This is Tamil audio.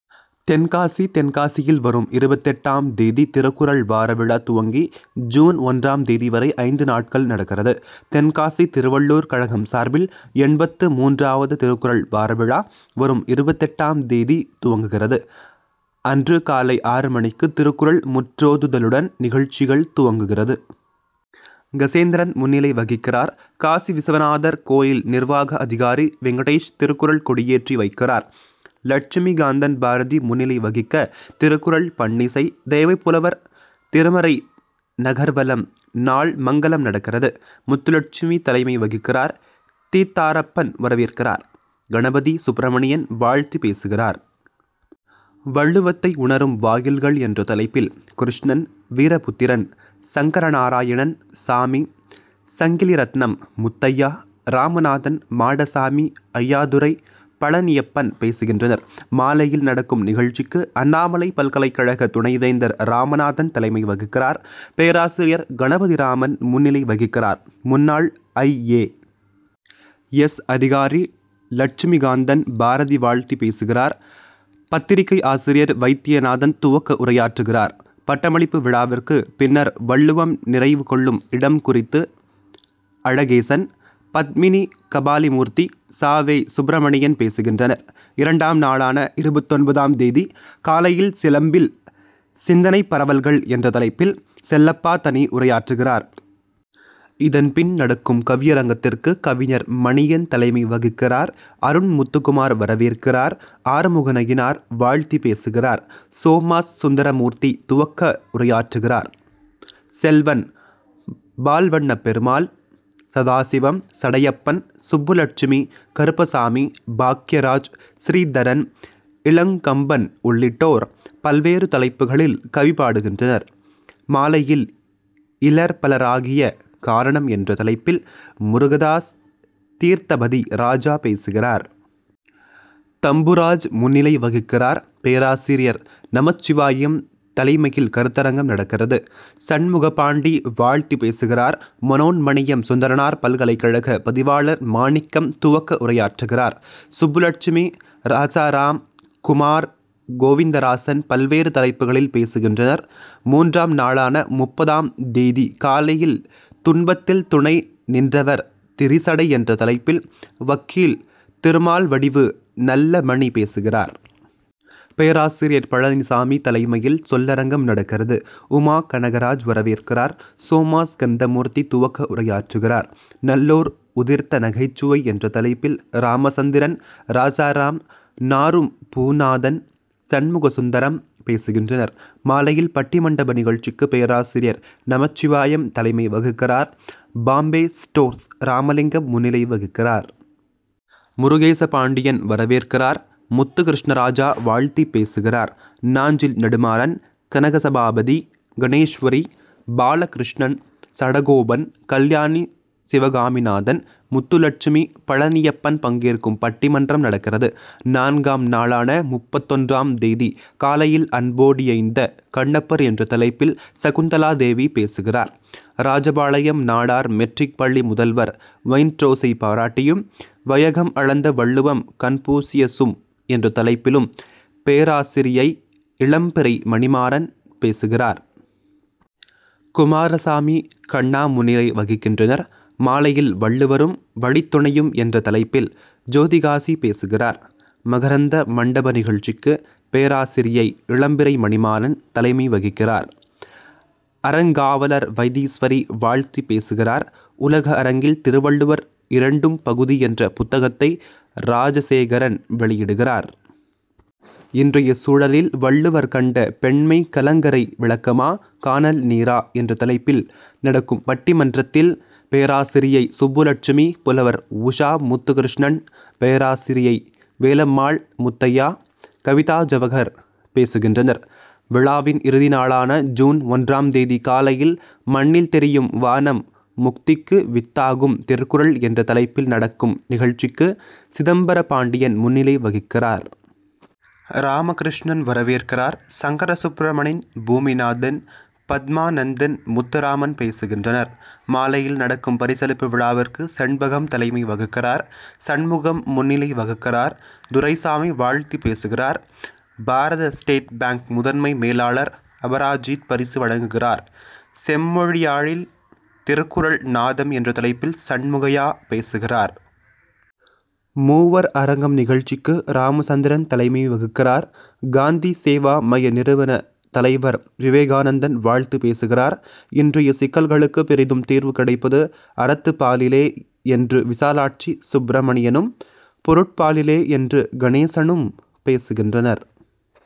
தென்காசி தென்காசியில் வரும் இருபத்தெட்டு ஆம் தேதி திருக்குறள் வார விழா துவங்கி ஜூன் ஒன்றாம் தேதி வரை ஐந்து நாட்கள் நடக்கிறது. தென்காசி திருவள்ளுவர் கழகம் சார்பில் எண்பத்து மூன்றாவது திருக்குறள் வார விழா வரும் இருபத்தெட்டு ஆம் தேதி துவங்குகிறது. அன்று காலை ஆறு மணிக்கு திருக்குறள் முற்றோதுதலுடன் நிகழ்ச்சிகள் துவங்குகிறது. கசேந்திரன் முன்னிலை வகிக்கிறார். காசிவிசுநாதர் கோயில் நிர்வாக அதிகாரி வெங்கடேஷ் திருக்குறள் கொடியேற்றி வைக்கிறார். லட்சுமி காந்தன் பாரதி முன்னிலை வகிக்க திருக்குறள் பண்ணிசை, தெய்வப்புலவர் திருமறை நகர்வலம், நாள் மங்கலம் நடக்கிறது. முத்துலட்சுமி தலைமை வகிக்கிறார். தீத்தாரப்பன் வரவேற்கிறார். கணபதி சுப்பிரமணியன் வாழ்த்தி பேசுகிறார். வள்ளுவத்தை உணரும் வாயில்கள் என்ற தலைப்பில் கிருஷ்ணன், வீரபுத்திரன், சங்கரநாராயணன், சாமி, சங்கிலிரத்னம், முத்தையா, ராமநாதன், மாடசாமி, ஐயாத்துரை, பழநியப்பன் பேசுகின்றனர். மாலையில் நடக்கும் நிகழ்ச்சிக்கு அண்ணாமலை பல்கலைக்கழக துணை வேந்தர் ராமநாதன் தலைமை வகிக்கிறார். பேராசிரியர் கணபதிராமன் முன்னிலை வகிக்கிறார். முன்னாள் ஐ. ஏ. எஸ். அதிகாரி லட்சுமிகாந்தன் பாரதி வாழ்த்தி பேசுகிறார். பத்திரிகை ஆசிரியர் வைத்தியநாதன் துவக்க உரையாற்றுகிறார். பட்டமளிப்பு விழாவிற்கு பின்னர் வள்ளுவம் நிறைவு கொள்ளும் இடம் குறித்து அழகேசன், பத்மினி கபாலிமூர்த்தி ச. வே. சுப்பிரமணியன் பேசுகின்றனர். இரண்டாம் நாளான இருபத்தொன்பது ஆம் தேதி காலையில் சிலம்பில் சிந்தனைப்பரவல்கள் என்ற தலைப்பில் செல்லப்பா தனி உரையாற்றுகிறார். இதன் பின் நடக்கும் கவிரயங்கத்திற்கு கவிஞர் மணியன் தலைமை வகிக்கிறார். அருண் முத்துக்குமார் வரவேற்கிறார். ஆறுமுகநயினார் வாழ்த்தி பேசுகிறார். சோமாஸ் சுந்தரமூர்த்தி துவக்க உரையாற்றுகிறார். செல்வன், பால்வண்ணப்பெருமாள், சதாசிவம், சடையப்பன், சுப்புலட்சுமி, கருப்பசாமி, பாக்கியராஜ், ஸ்ரீதரன், இளங்கம்பன் உள்ளிட்டோர் பல்வேறு தலைப்புகளில் கவி பாடுகின்றனர். மாலையில் இலர் பலராகிய காரணம் என்ற தலைப்பில் முருகதாஸ் தீர்த்தபதி ராஜா பேசுகிறார். தம்புராஜ் முன்னிலை வகிக்கிறார். பேராசிரியர் நமச்சிவாயம் தலைமையில் கருத்தரங்கம் நடக்கிறது. சண்முகப்பாண்டி வாழ்த்தி பேசுகிறார். மனோன்மணியம் சுந்தரனார் பல்கலைக்கழக பதிவாளர் மாணிக்கம் துவக்க உரையாற்றுகிறார். சுப்புலட்சுமி, ராசாராம், குமார், கோவிந்தராசன் பல்வேறு தலைப்புகளில் பேசுகின்றனர். மூன்றாம் நாளான முப்பது ஆம் தேதி காலையில் துன்பத்தில் துணை நின்றவர் திரிசடை என்ற தலைப்பில் வக்கீல் திருமால்வடிவு நல்லமணி பேசுகிறார். பேராசிரியர் பழநிசாமி தலைமையில் சொல்லரங்கம் நடக்கிறது. உமா கனகராஜ் வரவேற்கிறார். சோமாஸ்கந்த மூர்த்தி துவக்க உரையாற்றுகிறார். நல்லோர் உதிர்த்த நகைச்சுவை என்ற தலைப்பில் ராமச்சந்திரன், ராசாராம், நாறும் பூநாதன், சண்முகசுந்தரம் பேசுகின்றனர். மாலையில் பட்டிமண்டப நிகழ்ச்சிக்கு பேராசிரியர் நமச்சிவாயம் தலைமை வகிக்கிறார். பாம்பே ஸ்டோர்ஸ் ராமலிங்கம் முன்னிலை வகிக்கிறார். முருகேசபாண்டியன் வரவேற்கிறார். முத்துகிருஷ்ணராஜா வாழ்த்தி பேசுகிறார். நாஞ்சில் நெடுமாறன், கனகசபாபதி, கணேஷ்வரி, பாலகிருஷ்ணன், சடகோபன், கல்யாணி சிவகாமிநாதன், முத்துலட்சுமி, பழநியப்பன் பங்கேற்கும் பட்டிமன்றம் நடக்கிறது. நான்காம் நாளான முப்பத்தொன்று ஆம் தேதி காலையில் அன்போடியைந்த கண்ணப்பர் என்ற தலைப்பில் சகுந்தலா தேவி பேசுகிறார். ராஜபாளையம் நாடார் மெட்ரிக் பள்ளி முதல்வர் ஒயிட்ரோசை பாராட்டியும், வையகம் அளந்த வள்ளுவரும், கன்பூசியசும் என்ற தலைப்பிலும் பேராசிரியை இளம்பிறை மணிமாறன் பேசுகிறார். குமாரசாமி, கண்ணா முன்னிலை வகிக்கின்றனர். மாலையில் வள்ளுவரும், வழித்துணையும் என்ற தலைப்பில் ஜோதிகாசி பேசுகிறார். மகரந்த மண்டப நிகழ்ச்சிக்கு பேராசிரியை இளம்பிறை மணிமாறன் தலைமை வகிக்கிறார். அறங்காவலர் வைத்தீஸ்வரி வாழ்த்தி பேசுகிறார். உலக அரங்கில் திருவள்ளுவர் இரண்டு ம் பகுதி என்ற புத்தகத்தை ராஜசேகரன் வெளியிடுகிறார். இன்றைய சூழலில் வள்ளுவர் கண்ட பெண்மை கலங்கரை விளக்கமா? கானல் நீரா? என்ற தலைப்பில் நடக்கும் பட்டி மன்றத்தில் பேராசிரியை சுப்புலட்சுமி, புலவர் உஷா முத்துகிருஷ்ணன், பேராசிரியை வேலம்மாள் முத்தையா, கவிதா ஜவஹர் பேசுகின்றனர். விழாவின் இறுதி நாளான ஜூன் ஒன்றாம் தேதி காலையில் மண்ணில் தெரியும் வானம் முக்திக்கு வித்தாகும் திருக்குறள் என்ற தலைப்பில் நடக்கும் நிகழ்ச்சிக்கு சிதம்பர பாண்டியன் முன்னிலை வகிக்கிறார். ராமகிருஷ்ணன் வரவேற்கிறார். சங்கரசுப்பிரமணின், பூமிநாதன், பத்மானந்தன், முத்துராமன் பேசுகின்றனர். மாலையில் நடக்கும் பரிசளிப்பு விழாவிற்கு செண்பகம் தலைமை வகிக்கிறார். சண்முகம் முன்னிலை வகிக்கிறார். துரைசாமி வாழ்த்தி பேசுகிறார். பாரத ஸ்டேட் பாங்க் முதன்மை மேலாளர் அபராஜித் பரிசு வழங்குகிறார். செம்மொழியாழில் திருக்குறள் நாதம் என்ற தலைப்பில் சண்முகையா பேசுகிறார். மூவர் அரங்கம் நிகழ்ச்சிக்கு ராமச்சந்திரன் தலைமை வகிக்கிறார். காந்தி சேவா மைய நிறுவன தலைவர் விவேகானந்தன் வாழ்த்தி பேசுகிறார். இன்றைய சிக்கல்களுக்கு பெரிதும் தீர்வு கிடைப்பது அறத்துப்பாலிலே என்று விசாலாட்சி சுப்பிரமணியனும், பொருட்பாலிலே என்று கணேசனும் பேசுகின்றனர்.